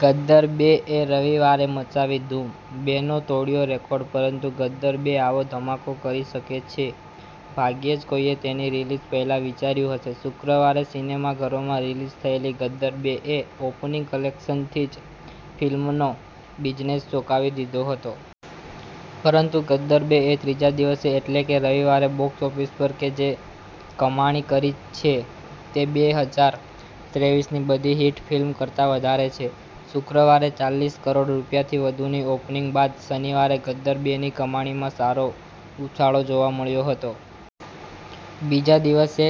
ગદર બે 'એ રવિવારે મચાવી ધૂમ, 'બે' નો તોડ્યો રેકોર્ડ! પરંતુ 'ગદર બે' આવો ધમાકો કરી શકે છે, ભાગ્યે જ કોઈએ તેની રિલીઝ પહેલા વિચાર્યું હશે. શુક્રવારે સિનેમાઘરોમાં રિલીઝ થયેલી 'ગદર બે' એ ઓપનિંગ કલેક્શનથી જ ફિલ્મનો બિઝનેસ ચોંકાવી દીધો હતો. પરંતુ 'ગદર બે' એ ત્રીજા દિવસે એટલે કે રવિવારે બોક્સ ઓફિસ પર જે કમાણી કરી છે, તે બે હજાર ત્રેવીસની બધી હિટ ફિલ્મ કરતા વધારે છે. શુક્રવારે ચાલીસ કરોડ રૂપિયાથી વધુની ઓપનિંગ બાદ શનિવારે 'ગદર બે'ની કમાણીમાં સારો ઉછાળો જોવા મળ્યો હતો. બીજા દિવસે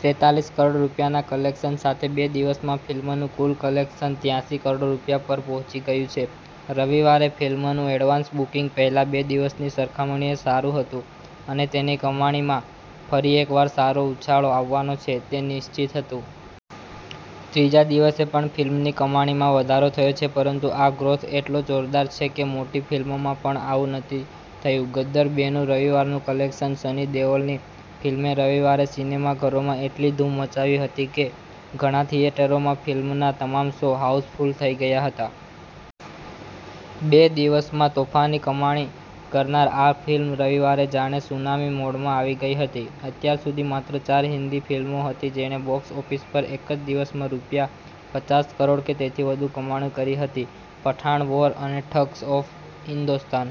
ત્રેતાલીસ કરોડ રૂપિયાના કલેક્શન સાથે બે દિવસમાં ફિલ્મનું કુલ કલેક્શન ત્યાસી કરોડ રૂપિયા પર પહોંચી ગયું છે. રવિવારે ફિલ્મનું એડવાન્સ બુકિંગ પહેલા બે દિવસની સરખામણીએ સારું હતું અને તેની કમાણીમાં ફરી એકવાર સારો ઉછાળો આવવાનો છે તે નિશ્ચિત હતું. ત્રીજા દિવસે પણ ફિલ્મની કમાણીમાં વધારો થયો છે, પરંતુ આ ગ્રોથ એટલો જોરદાર છે કે મોટી ફિલ્મોમાં પણ આવું નથી થયું. 'ગદર બે'નું રવિવારનું કલેક્શન, સની દેઓલની ફિલ્મે રવિવારે સિનેમાઘરોમાં એટલી ધૂમ મચાવી હતી કે ઘણા થિયેટરોમાં ફિલ્મના તમામ શો હાઉસફુલ થઈ ગયા હતા. બે દિવસમાં તોફાની કમાણી કરનાર આ ફિલ્મ રવિવારે જાણે સુનામી મોડમાં આવી ગઈ હતી. અત્યાર સુધી માત્ર ચાર હિન્દી ફિલ્મો હતી જેણે બોક્સ ઓફિસ પર એક જ દિવસમાં રૂપિયા પચાસ કરોડ કે તેથી વધુ કમાણી કરી હતી પઠાણ, વોર અને ઠગ્સ ઓફ હિન્દોસ્તાન.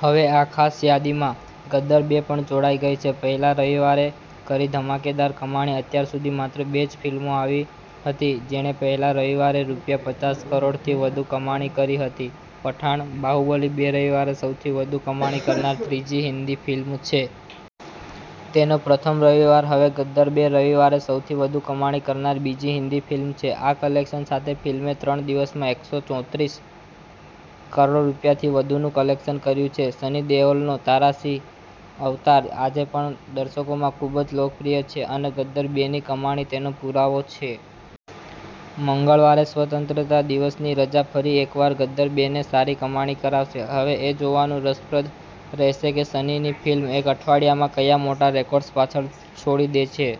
હવે આ ખાસ યાદીમાં 'ગદર બે' પણ જોડાઈ ગઈ છે. પહેલા રવિવારે કરી ધમાકેદાર કમાણી અત્યાર સુધી, માત્ર બે જ ફિલ્મો એવી હતી જેણે પહેલા રવિવારે રૂપિયા પચાસ કરોડથી વધુ કમાણી કરી હતી – પઠાણ, બાહુબલી બે રવિવારે સૌથી વધુ કમાણી કરનાર ત્રીજી હિન્દી ફિલ્મ છે. તેનો પ્રથમ રવિવાર હવે 'ગદર બે' રવિવારે સૌથી વધુ કમાણી કરનાર બીજી હિન્દી ફિલ્મ છે. આ કલેક્શન સાથે ફિલ્મે ત્રણ દિવસમાં એકસો ચોત્રીસ કરોડ રૂપિયાથી વધુનું કલેક્શન કર્યું છે. સની દેઓલનો તારા સિંહ અવતાર આજે પણ દર્શકોમાં ખૂબ જ લોકપ્રિય છે અને 'ગદર બે'ની કમાણી તેનો પુરાવો છે. મંગળવારે સ્વતંત્રતા દિવસની રજા ફરી એકવાર 'ગદર બે'ને સારી કમાણી કરાવશે. હવે એ જોવાનું રસપ્રદ રહેશે કે સનીની ફિલ્મ એક અઠવાડિયામાં કયા મોટા રેકોર્ડ્સ પાછળ છોડી દે છે.